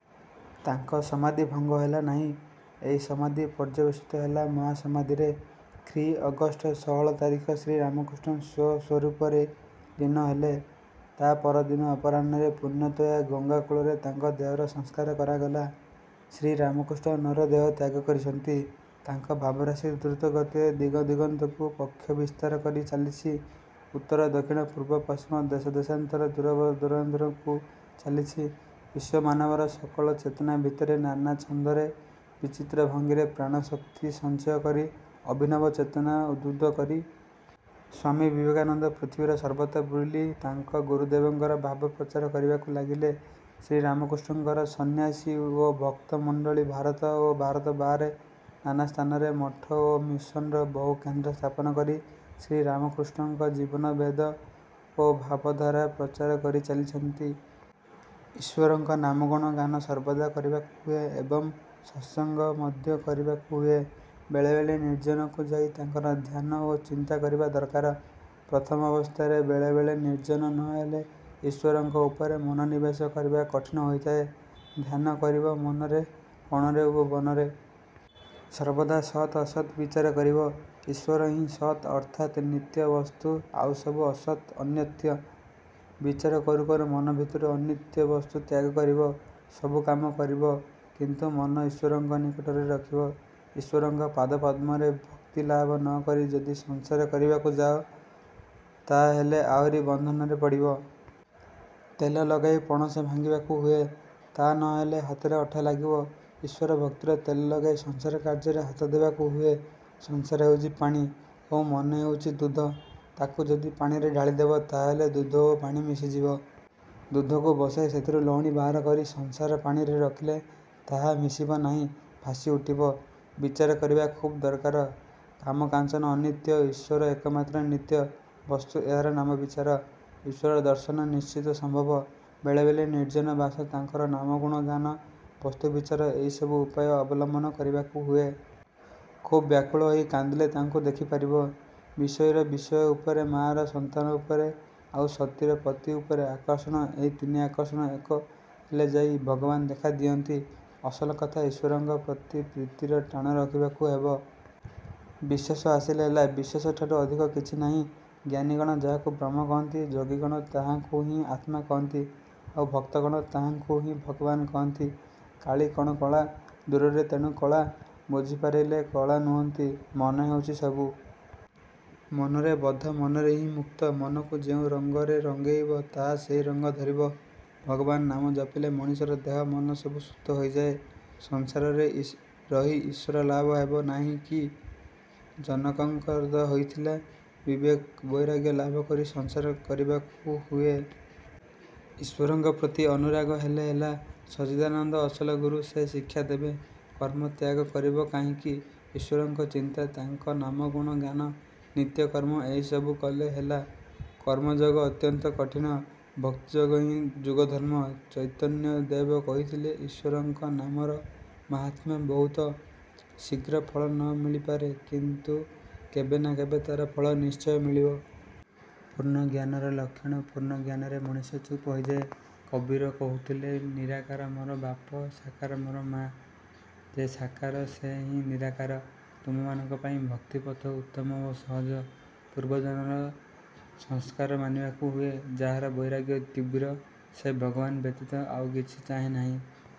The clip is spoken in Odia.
ତାଙ୍କ ସମାଧି ଭଙ୍ଗ ହେଲା ନାହିଁ। ଏହି ସମାଧି ପର୍ଯ୍ୟବସିତ ହେଲା ମହାସମାଧିରେ। ଖ୍ରୀ: ଅଗଷ୍ଟ ଷୋହଳ ତାରିଖ ଶ୍ରୀରାମକୃଷ୍ଣ ସ୍ୱ-ସ୍ୱରୂପରେ ଲୀନ ହେଲେ। ତା' ପରଦିନ ଅପରାହ୍ନରେ ପୁଣ୍ୟତୋୟା ଗଙ୍ଗାକୂଳରେ ତାଙ୍କ ଦେହର ସଂସ୍କାର କରାଗଲା। ଶ୍ରୀରାମକୃଷ୍ଣ ନରଦେହ ତ୍ୟାଗ କରିଛନ୍ତି। ତାଙ୍କ ଭାବରାଶି ଦ୍ରୁତଗତିରେ ଦିଗଦିଗନ୍ତକୁ ପକ୍ଷ ବିସ୍ତାର କରି ଚାଲିଛି-ଉତ୍ତର-ଦକ୍ଷିଣ, ପୂର୍ବପଶ୍ଚିମ, ଦେଶଦେଶାନ୍ତର, ଦୂରଦୂରାନ୍ତରକୁ-ଚାଲିଛି ବିଶ୍ୱମାନବର ସକଳ ଚେତନା ଭିତରେ, ନାନା ଛନ୍ଦରେ, ବିଚିତ୍ର ଭଙ୍ଗୀରେ ପ୍ରାଣଶକ୍ତି ସଞ୍ଚୟ କରି, ଅଭିନବ ଚେତନା ଉଦ୍ବୁଦ୍ଧ କରି। ସ୍ୱାମୀ ବିବେକାନନ୍ଦ ପୃଥିବୀର ସର୍ବତ୍ର ବୁଲି ତାଙ୍କ ଗୁରୁଦେବଙ୍କର ଭାବ ପ୍ରଚାର କରିବାକୁ ଲାଗିଲେ। ଶ୍ରୀରାମକୃଷ୍ଣଙ୍କର ସନ୍ନ୍ୟାସୀ ଓ ଭକ୍ତମଣ୍ଡଳୀ ଭାରତ ଓ ଭାରତ ବାହାରେ ନାନା ସ୍ଥାନରେ ମଠ ଓ ମିଶନର ବହୁ କେନ୍ଦ୍ର ସ୍ଥାପନ କରି ଶ୍ରୀରାମକୃଷ୍ଣଙ୍କ ଜୀବନ-ବେଦ ଓ ଭାବଧାରା ପ୍ରଚାର କରି ଚାଲିଛନ୍ତି। ଈଶ୍ୱରଙ୍କ ନାମଗୁଣ ଗାନ ସର୍ବଦା କରିବାକୁ ହୁଏ ଏବଂ ସତ୍ସଙ୍ଗ ମଧ୍ୟ କରିବାକୁ ହୁଏ। ବେଳେବେଳେ ନିର୍ଜନକୁ ଯାଇ ତାଙ୍କର ଧ୍ୟାନ ଓ ଚିନ୍ତା କରିବା ଦରକାର। ପ୍ରଥମ ଅବସ୍ଥାରେ ବେଳେବେଳେ ନିର୍ଜନ ନ ହେଲେ ଈଶ୍ୱରଙ୍କ ଉପରେ ମନୋନିବେଶ କରିବା କଠିନ ହୋଇଥାଏ। ଧ୍ୟାନ କରିବ ମନରେ, କୋଣରେ ଓ ବନରେ। ସର୍ବଦା ସତ୍ ଅସତ୍ ବିଚାର କରିବ। ଈଶ୍ୱର ହିଁ ସତ୍, ଅର୍ଥାତ୍ ନିତ୍ୟ ବସ୍ତୁ; ଆଉସବୁ ଅସତ୍, ଅନିତ୍ୟ। ବିଚାର କରୁ କରୁ ମନ ଭିତରୁ ଅନିତ୍ୟ ବସ୍ତୁ ତ୍ୟାଗ କରିବ। ସବୁ କାମ କରିବ, କିନ୍ତୁ ମନ ଈଶ୍ୱରଙ୍କ ନିକଟରେ ରଖିବ। ଈଶ୍ୱରଙ୍କ ପାଦପଦ୍ମରେ ଭକ୍ତିଲାଭ ନ କରି ଯଦି ସଂସାର କରିବାକୁ ଯାଅ, ତା' ହେଲେ ଆହୁରି ବନ୍ଧନରେ ପଡ଼ିବ। ତେଲ ଲଗାଇ ପଣସ ଭାଙ୍ଗିବାକୁ ହୁଏ, ତା'ନ ହେଲେ ହାତରେ ଅଠା ଲାଗିବ। ଈଶ୍ୱର ଭକ୍ତିର ତେଲ ଲଗାଇ ସଂସାର କାର୍ଯ୍ୟରେ ହାତ ଦେବାକୁ ହୁଏ। ସଂସାର ହେଉଛି ପାଣି, ଆଉ ମନ ହେଉଛି ଦୁଧ। ତା'କୁ ଯଦି ପାଣିରେ ଢାଳିଦେବ, ତା' ହେଲେ ଦୁଧ ଓ ପାଣି ମିଶିଯିବ। ଦୁଧକୁ ବସାଇ ସେଥିରୁ ଲହୁଣୀ ବାହାର କରି ସଂସାର-ପାଣିରେ ରଖିଲେ ତାହା ମିଶିବ ନାହିଁ, ଭାସି ଉଠିବ। ବିଚାର କରିବା ଖୁବ୍ ଦରକାର। କାମ-କାଞ୍ଚନ ଅନିତ୍ୟ, ଈଶ୍ୱର ଏକମାତ୍ର ନିତ୍ୟ ବସ୍ତୁ-ଏହାର ନାମ ବିଚାର। ଈଶ୍ୱର ଦର୍ଶନ ନିଶ୍ଚିତ ସମ୍ଭବ। ବେଳେବେଳେ ନିର୍ଜନ-ବାସ, ତାଙ୍କର ନାମଗୁଣ ଗାନ, ବସ୍ତୁ-ବିଚାର-ଏହିସବୁ ଉପାୟ ଅବଲମ୍ବନ କରିବାକୁ ହୁଏ। ଖୁବ୍ ବ୍ୟାକୁଳ ହୋଇ କାନ୍ଦିଲେ ତାଙ୍କୁ ଦେଖିପାରିବ। ବିଷୟୀର ବିଷୟ ଉପରେ, ମା'ର ସନ୍ତାନ ଉପରେ, ଆଉ ସତୀର ପତି ଉପରେ ଆକର୍ଷଣ-ଏହି ତିନି ଆକର୍ଷଣ ଏକ ହେଲେ ଯାଇ ଭଗବାନ ଦେଖା ଦିଅନ୍ତି। ଅସଲ କଥା, ଈଶ୍ୱରଙ୍କ ପ୍ରତି ପ୍ରୀତିର ଟାଣ ରଖିବାକୁ ହେବ। ବିଶ୍ୱାସ ଆସିଲେ ହେଲା। ବିଶ୍ୱାସଠାରୁ ଅଧିକ କିଛି ନାହିଁ। ଜ୍ଞାନୀଗଣ ଯାହାକୁ ବ୍ରହ୍ମ କହନ୍ତି, ଯୋଗୀଗଣ ତାହାଙ୍କୁ ହିଁ ଆତ୍ମା କହନ୍ତି, ଆଉ ଭକ୍ତଗଣ ତାହାଙ୍କୁ ହିଁ ଭଗବାନ କହନ୍ତି। କାଳୀ କ'ଣ କଳା! ଦୂରରେ, ତେଣୁ କଳା; ବୁଝିପାରିଲେ କଳା ନୁହନ୍ତି। ମନ ହେଉଛି ସବୁ। ମନରେ ବଦ୍ଧ, ମନରେ ହିଁ ମୁକ୍ତ। ମନକୁ ଯେଉଁ ରଙ୍ଗରେ ରଙ୍ଗେଇବ, ତାହା ସେହି ରଙ୍ଗ ଧରିବ। ଭଗବାନ ନାମ ଜପିଲେ ମଣିଷର ଦେହ ମନ ସବୁ ଶୁଦ୍ଧ ହୋଇଯାଏ। ସଂସାରରେ ରହି ଈଶ୍ୱର ଲାଭ ହେବ ନାହିଁ କାହିଁକି? ଜନକଙ୍କର ତ ହୋଇଥିଲା। ବିବେକ-ବୈରାଗ୍ୟ ଲାଭ କରି ସଂସାର କରିବାକୁ ହୁଏ। ଈଶ୍ୱରଙ୍କ ପ୍ରତି ଅନୁରାଗ ହେଲେ ହେଲା। ସଚ୍ଚିଦାନନ୍ଦ ଅସଲ ଗୁରୁ; ସେ ଶିକ୍ଷା ଦେବେ। କର୍ମ ତ୍ୟାଗ କରିବ କାହିଁକି? ଈଶ୍ୱରଙ୍କ ଚିନ୍ତା, ତାଙ୍କ ନାମଗୁଣ ଗାନ, ନିତ୍ୟକର୍ମ-ଏହିସବୁ କଲେ ହେଲା। କର୍ମଯୋଗ ଅତ୍ୟନ୍ତ କଠିନ। ଭକ୍ତିଯୋଗ ହିଁ ଯୁଗଧର୍ମ। ଚୈତନ୍ୟଦେବ କହିଥିଲେ ଈଶ୍ୱରଙ୍କ ନାମର ମାହାତ୍ମ୍ୟ ବହୁତ; ଶୀଘ୍ର ଫଳ ନ ମିଳିପାରେ, କିନ୍ତୁ କେବେ ନା କେବେ ତା'ର ଫଳ ନିଶ୍ଚୟ ମିଳିବ। ପୂର୍ଣ୍ଣଜ୍ଞାନର ଲକ୍ଷଣ ପୂର୍ଣ୍ଣଜ୍ଞାନରେ ମଣିଷ ଚୁପ୍ ହୋଇଯାଏ। କବୀର କହୁଥିଲେ ନିରାକାର ମୋର ବାପ, ସାକାର ମୋର ମା'। ଯେ ସାକାର, ସେ ହିଁ ନିରାକାର। ତୁମମାନଙ୍କ ପାଇଁ ଭକ୍ତିପଥ ଉତ୍ତମ ଓ ସହଜ। ପୂର୍ବଜନ୍ମର ସଂସ୍କାର ମାନିବାକୁ ହୁଏ। ଯାହାର ବୈରାଗ୍ୟ ତୀବ୍ର, ସେ ଭଗବାନ ବ୍ୟତୀତ ଆଉ କିଛି ଚାହେଁ ନାହିଁ।